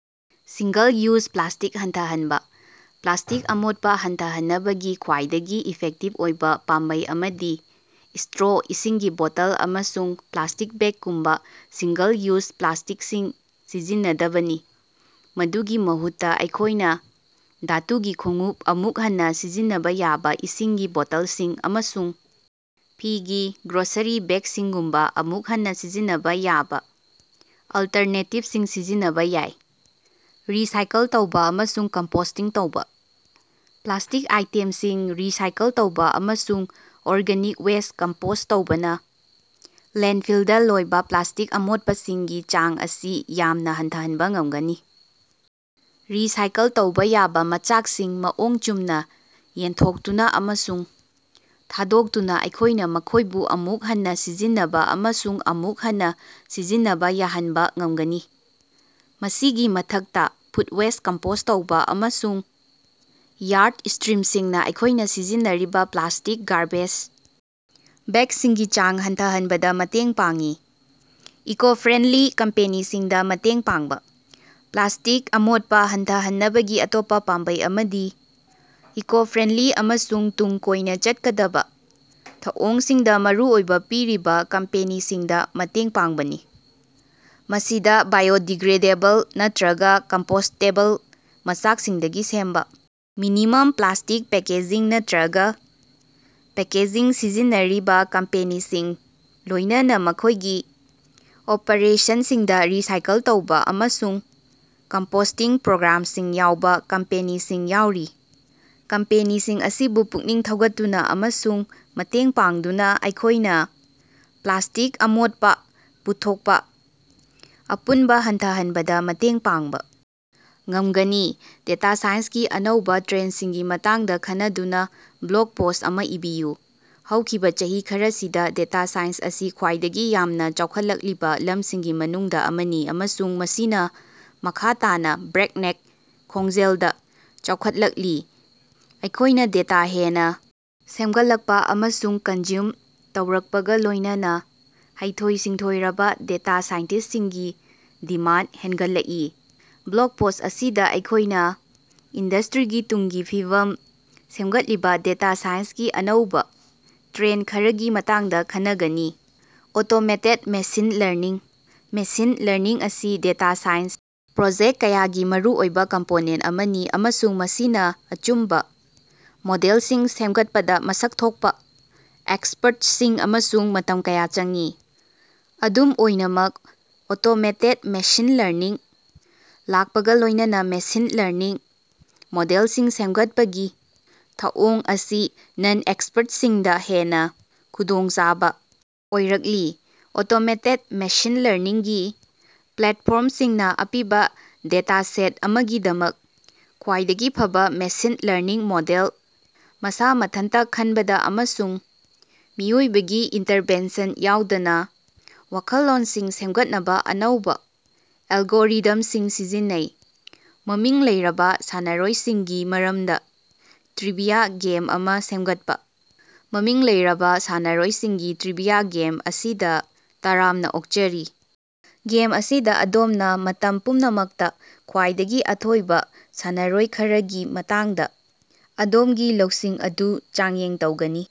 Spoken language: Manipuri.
ꯁꯤꯡꯒꯜ-ꯌꯨꯖ ꯄ꯭ꯂꯥꯁ꯭ꯇꯤꯛ ꯍꯟꯊꯍꯟꯕꯥ: ꯄ꯭ꯂꯥꯁ꯭ꯇꯤꯛ ꯑꯃꯣꯠꯄꯥ ꯍꯟꯊꯍꯟꯅꯕꯒꯤ ꯈ꯭ꯋꯥꯏꯗꯒꯤ ꯏꯐꯦꯛꯇꯤꯕ ꯑꯣꯏꯕ ꯄꯥꯝꯕꯩ ꯑꯃꯗꯤ ꯁ꯭ꯇꯔꯣ, ꯏꯁꯤꯡꯒꯤ ꯕꯣꯇꯜ, ꯑꯃꯁꯨꯡ ꯄ꯭ꯂꯥꯁꯇꯤꯛ ꯕꯦꯒꯀꯨꯝꯕꯥ ꯁꯤꯡꯒꯜ ꯌꯨꯖ ꯄ꯭ꯂꯥꯁꯇꯤꯛꯁꯤꯡ ꯁꯤꯖꯤꯟꯅꯗꯕꯅꯤ꯫ ꯃꯗꯨꯒꯤ ꯃꯍꯨꯠꯇ ꯑꯩꯈꯣꯏꯅ ꯙꯥꯇꯨꯒꯤ ꯈꯣꯡꯎꯞ, ꯑꯃꯨꯛ ꯍꯟꯅ ꯁꯤꯖꯤꯟꯅꯕ ꯌꯥꯕ ꯏꯁꯤꯡꯒꯤ ꯕꯣꯇꯜꯁꯤꯡ, ꯑꯃꯁꯨꯡ ꯐꯤꯒꯤ ꯒ꯭ꯔꯣꯁꯔꯤ ꯕꯦꯒꯁꯤꯡꯒꯨꯝꯕ ꯑꯃꯨꯛ ꯍꯟꯅ ꯁꯤꯖꯤꯟꯅꯕ ꯌꯥꯕ ꯑꯜꯇꯔꯅꯦꯇꯤꯕꯁꯤꯡ ꯁꯤꯖꯤꯟꯅꯕ ꯌꯥꯏ꯫ ꯔꯤꯁꯥꯏꯀꯜ ꯇꯧꯕ ꯑꯃꯁꯨꯡ ꯀꯝꯄꯣꯁ꯭ꯇꯤꯡ ꯇꯧꯕ: ꯄ꯭ꯂꯥꯁ꯭ꯇꯤꯛ ꯑꯥꯏꯇꯦꯝꯁꯤꯡ ꯔꯤꯁꯥꯏꯀꯜ ꯇꯧꯕ ꯑꯃꯁꯨꯡ ꯑꯣꯔꯒꯥꯅꯤꯛ ꯋꯦꯁ꯭ꯠ ꯀꯝꯄꯣꯁ꯭ꯠ ꯇꯧꯕꯅ ꯂꯦꯟꯗꯐꯤꯜꯗꯥ ꯂꯣꯏꯕꯥ ꯄ꯭ꯂꯥꯁ꯭ꯇꯤꯛ ꯑꯃꯣꯠꯄꯁꯤꯡꯒꯤ ꯆꯥꯡ ꯑꯁꯤ ꯌꯥꯝꯅ ꯍꯟꯊꯍꯟꯕ ꯉꯝꯒꯅꯤ꯫ ꯔꯤꯁꯥꯏꯀꯜ ꯇꯧꯕ ꯌꯥꯕꯥ ꯃꯆꯥꯛꯁꯤꯡ ꯃꯑꯣꯡ ꯆꯨꯝꯅ ꯌꯦꯟꯊꯣꯛꯇꯨꯅ ꯑꯃꯁꯨꯡ ꯊꯥꯗꯣꯛꯇꯨꯅ ꯑꯩꯈꯣꯏꯅ ꯃꯈꯣꯏꯕꯨ ꯑꯃꯨꯛ ꯍꯟꯅ ꯁꯤꯖꯤꯟꯅꯕ ꯑꯃꯁꯨꯡ ꯑꯃꯨꯛ ꯍꯟꯅ ꯁꯤꯖꯤꯟꯅꯕ ꯌꯥꯍꯟꯕ ꯉꯝꯒꯅꯤ꯫ ꯃꯁꯤꯒꯤ ꯃꯊꯛꯇꯥ, ꯐꯨꯗ ꯋꯦꯁ꯭ꯠ ꯀꯝꯄꯣꯁ꯭ꯠ ꯇꯧꯕꯥ ꯑꯃꯁꯨꯡ ꯌꯥꯔꯗ ꯇ꯭ꯔꯤꯝꯁꯤꯡꯅ ꯑꯩꯈꯣꯏꯅ ꯁꯤꯖꯤꯟꯅꯔꯤꯕ ꯄ꯭ꯂꯥꯁ꯭ꯇꯤꯛ ꯒꯥꯔꯕꯦꯖ ꯕꯦꯒꯁꯤꯡꯒꯤ ꯆꯥꯡ ꯍꯟꯊꯍꯟꯕꯗ ꯃꯇꯦꯡ ꯄꯥꯡꯏ꯫ ꯏꯀꯣ-ꯐ꯭ꯔꯦꯟꯗꯂꯤ ꯀꯝꯄꯦꯅꯤꯁꯤꯡꯗ ꯃꯇꯦꯡ ꯄꯥꯡꯕꯥ: ꯄ꯭ꯂꯥꯁ꯭ꯇꯤꯛ ꯑꯃꯣꯠꯄꯥ ꯍꯟꯊꯍꯟꯅꯕꯒꯤ ꯑꯇꯣꯞꯄꯥ ꯄꯥꯝꯕꯩ ꯑꯃꯗꯤ ꯏꯀꯣ-ꯐ꯭ꯔꯦꯟꯗꯂꯤ ꯑꯃꯁꯨꯡ ꯇꯨꯡ ꯀꯣꯏꯅ ꯆꯠꯀꯗꯕꯥ ꯊꯧꯑꯣꯡꯁꯤꯡꯗ ꯃꯔꯨ ꯑꯣꯏꯕ ꯄꯤꯔꯤꯕꯥ ꯀꯝꯄꯦꯅꯤꯁꯤꯡꯗꯥ ꯃꯇꯦꯡ ꯄꯥꯡꯕꯅꯤ꯫ ꯃꯁꯤꯗ ꯕꯥꯏꯑꯣꯗꯤꯒ꯭ꯔꯦꯗꯦꯕꯜ ꯅꯠꯇꯔꯒ ꯀꯝꯄꯣꯁ꯭ꯇꯦꯕꯜ ꯃꯆꯥꯛꯁꯤꯡꯗꯒꯤ ꯁꯦꯝꯕ ꯃꯤꯅꯤꯃꯝ ꯄ꯭ꯂꯥꯁ꯭ꯇꯤꯛ ꯄꯦꯀꯦꯖꯤꯡ ꯅꯠꯇꯔꯒ ꯄꯦꯀꯦꯖꯤꯡ ꯁꯤꯖꯤꯟꯅꯔꯤꯕꯥ ꯀꯝꯄꯦꯅꯤꯁꯤꯡ, ꯂꯣꯏꯅꯅꯥ ꯃꯈꯣꯏꯒꯤ ꯑꯣꯄꯔꯦꯁꯟꯁꯤꯡꯗ ꯔꯤꯁꯥꯏꯀꯜ ꯇꯧꯕ ꯑꯃꯁꯨꯡ ꯀꯝꯄꯣꯁ꯭ꯇꯤꯡ ꯄ꯭ꯔꯣꯒ꯭ꯔꯥꯝꯁꯤꯡ ꯌꯥꯎꯕ ꯀꯝꯄꯦꯅꯤꯁꯤꯡ ꯌꯥꯎꯔꯤ꯫ ꯀꯝꯄꯦꯅꯤꯁꯤꯡ ꯑꯁꯤꯕꯨ ꯄꯨꯛꯅꯤꯡ ꯊꯧꯒꯠꯇꯨꯅ ꯑꯃꯁꯨꯡ ꯃꯇꯦꯡ ꯄꯥꯡꯗꯨꯅ ꯑꯩꯈꯣꯏꯅꯥ ꯄ꯭ꯂꯥꯁ꯭ꯇꯤꯛ ꯑꯃꯣꯠꯄꯥ ꯄꯨꯊꯣꯛꯄ ꯑꯄꯨꯟꯕ ꯍꯟꯊꯍꯟꯕꯗꯥ ꯃꯇꯦꯡ ꯄꯥꯡꯕ ꯉꯝꯒꯅꯤ꯫ ꯗꯦꯇꯥ ꯁꯥꯏꯟꯁꯀꯤ ꯑꯅꯧꯕꯥ ꯇ꯭ꯔꯦꯟꯗꯁꯤꯡꯒꯤ ꯃꯇꯥꯡꯗ ꯈꯟꯅꯗꯨꯅ ꯕ꯭ꯂꯣꯒ ꯄꯣꯁ꯭ꯠ ꯑꯃꯥ ꯏꯕꯤꯌꯨ꯫ ꯍꯧꯈꯤꯕꯥ ꯆꯍꯤ ꯈꯔꯁꯤꯗꯥ ꯗꯦꯇꯥ ꯁꯥꯏꯟꯁ ꯑꯁꯤ ꯈ꯭ꯋꯥꯏꯗꯒꯤ ꯌꯥꯝꯅ ꯆꯥꯎꯈꯠꯂꯛꯂꯤꯕꯥ ꯂꯝꯁꯤꯡꯒꯤ ꯃꯅꯨꯡꯗꯥ ꯑꯃꯅꯤ, ꯑꯃꯁꯨꯡ ꯃꯁꯤꯅꯥ ꯃꯈꯥ ꯇꯥꯅꯥ ꯕ꯭ꯔꯦꯛꯅꯦꯛ ꯈꯣꯡꯖꯦꯜꯗ ꯆꯥꯎꯈꯠꯂꯛꯂꯤ꯫ ꯑꯩꯈꯣꯏꯅ ꯗꯦꯇꯥ ꯍꯦꯟꯅꯥ ꯁꯦꯝꯒꯠꯂꯛꯄꯥ ꯑꯃꯁꯨꯡ ꯀꯟꯖ꯭ꯌꯨꯝ ꯇꯧꯔꯛꯄꯒ ꯂꯣꯏꯅꯅꯥ ꯍꯩꯊꯣꯏ-ꯁꯤꯡꯊꯣꯏꯔꯕ ꯗꯦꯇꯥ ꯁꯥꯏꯟꯇꯤꯁ꯭ꯁꯤꯡꯒꯤ ꯗꯤꯃꯥꯟꯗ ꯍ‌ꯦꯟꯒꯠꯂꯛꯏ꯫ ꯕ꯭ꯂꯣꯒ ꯄꯣꯁ꯭ꯠ ꯑꯁꯤꯗ ꯑꯩꯈꯣꯏꯅꯥ ꯏꯟꯗꯁ꯭ꯇꯔꯤꯒꯤ ꯇꯨꯡꯒꯤ ꯐꯤꯕꯝ ꯁꯦꯝꯒꯠꯂꯤꯕꯥ ꯗꯦꯇꯥ ꯁꯥꯏꯟꯁꯀꯤ ꯑꯅꯧꯕꯥ ꯇ꯭ꯔꯦꯟꯗ ꯈꯔꯒꯤ ꯃꯇꯥꯡꯗꯥ ꯈꯟꯅꯒꯅꯤ꯫ Automated machine learning: machine learning ꯑꯁꯤ ꯗꯦꯇꯥ ꯁꯥꯏꯟꯁ ꯄ꯭ꯔꯣꯖꯦꯛ ꯀꯌꯥꯒꯤ ꯃꯔꯨꯑꯣꯏꯕ ꯀꯝꯄꯣꯅꯦꯟꯇ ꯑꯃꯅꯤ, ꯑꯃꯁꯨꯡ ꯃꯁꯤꯅ ꯑꯆꯨꯝꯕꯥ ꯃꯣꯗꯦꯜꯁꯤꯡ ꯁꯦꯝꯒꯠꯄꯗ ꯃꯁꯛ ꯊꯣꯛꯄꯥ ꯑꯦꯛꯁꯄꯔꯠꯁꯤꯡ ꯑꯃꯁꯨꯡ ꯃꯇꯝ ꯀꯌꯥ ꯆꯪꯏ꯫ ꯑꯗꯨꯝ ꯑꯣꯏꯅꯃꯛ ꯑꯣꯇꯣꯃꯦꯇꯦꯗ ꯃꯦꯁꯤꯟ ꯂꯔꯅꯤꯡ ꯂꯥꯛꯄꯒꯥ ꯂꯣꯏꯅꯅꯥ ꯃꯦꯁꯤꯟ ꯂꯔꯅꯤꯡ ꯃꯣꯗꯦꯜꯁꯤꯡ ꯁꯦꯝꯒꯠꯄꯒꯤ ꯊꯧꯑꯣꯡ ꯑꯁꯤ ꯅꯟ-ꯑꯦꯛꯁꯄꯔꯠꯁꯤꯡꯗꯥ ꯍꯦꯟꯅ ꯈꯨꯗꯣꯡꯆꯥꯕ ꯑꯣꯏꯔꯛꯂꯤ꯫ ꯑꯣꯇꯣꯃꯦꯇꯦꯗ ꯃꯦꯁꯤꯟ ꯂꯔꯅꯤꯡꯒꯤ ꯄ꯭ꯂꯦꯠꯐꯣꯔꯝꯁꯤꯡꯅ ꯑꯄꯤꯕꯥ ꯗꯦꯇꯥꯁꯦꯠ ꯑꯃꯒꯤꯗꯃꯛ ꯈ꯭ꯋꯥꯏꯗꯒꯤ ꯐꯕꯥ ꯃꯦꯁꯤꯟ ꯂꯔꯅꯤꯡ ꯃꯣꯗꯦꯜ ꯃꯁꯥ ꯃꯊꯟꯇꯥ ꯈꯟꯕꯗꯥ ꯑꯃꯁꯨꯡ ꯃꯤꯑꯣꯏꯕꯒꯤ ꯏꯟꯇꯔꯚꯦꯟꯁꯟ ꯌꯥꯎꯗꯅꯥ ꯋꯥꯈꯜꯂꯣꯟꯁꯤꯡ ꯁꯦꯝꯒꯠꯅꯕ ꯑꯅꯧꯕꯥ ꯑꯦꯜꯒꯣꯔꯤꯗꯝꯁꯤꯡ ꯁꯤꯖꯤꯟꯅꯩ꯫ ꯃꯃꯤꯡ ꯂꯩꯔꯕ ꯁꯥꯟꯅꯔꯣꯏꯁꯤꯡꯒꯤ ꯃꯔꯝꯗꯥ ꯇ꯭ꯔꯤꯕꯤꯌꯥ ꯒꯦꯝ ꯑꯃꯥ ꯁꯦꯝꯒꯠꯄꯥ꯫ ꯃꯃꯤꯡ ꯂꯩꯔꯕꯥ ꯁꯥꯟꯅꯔꯣꯏꯁꯤꯡꯒꯤ ꯇ꯭ꯔꯤꯕꯤꯌꯥ ꯒꯦꯝ ꯑꯁꯤꯗꯥ ꯇꯔꯥꯝꯅꯥ ꯑꯣꯛꯆꯔꯤ ꯒꯦꯝ ꯑꯁꯤꯗꯥ ꯑꯗꯣꯝꯅ ꯃꯇꯝ ꯄꯨꯝꯅꯃꯛꯇꯥ ꯈ꯭ꯋꯥꯏꯗꯒꯤ ꯑꯊꯣꯏꯕ ꯁꯥꯟꯅꯔꯣꯏ ꯈꯔꯒꯤ ꯃꯇꯥꯡꯗꯥ ꯑꯗꯣꯝꯒꯤ ꯂꯧꯁꯤꯡ ꯑꯗꯨ ꯆꯥꯡꯌꯦꯡ ꯇꯧꯒꯅꯤ꯫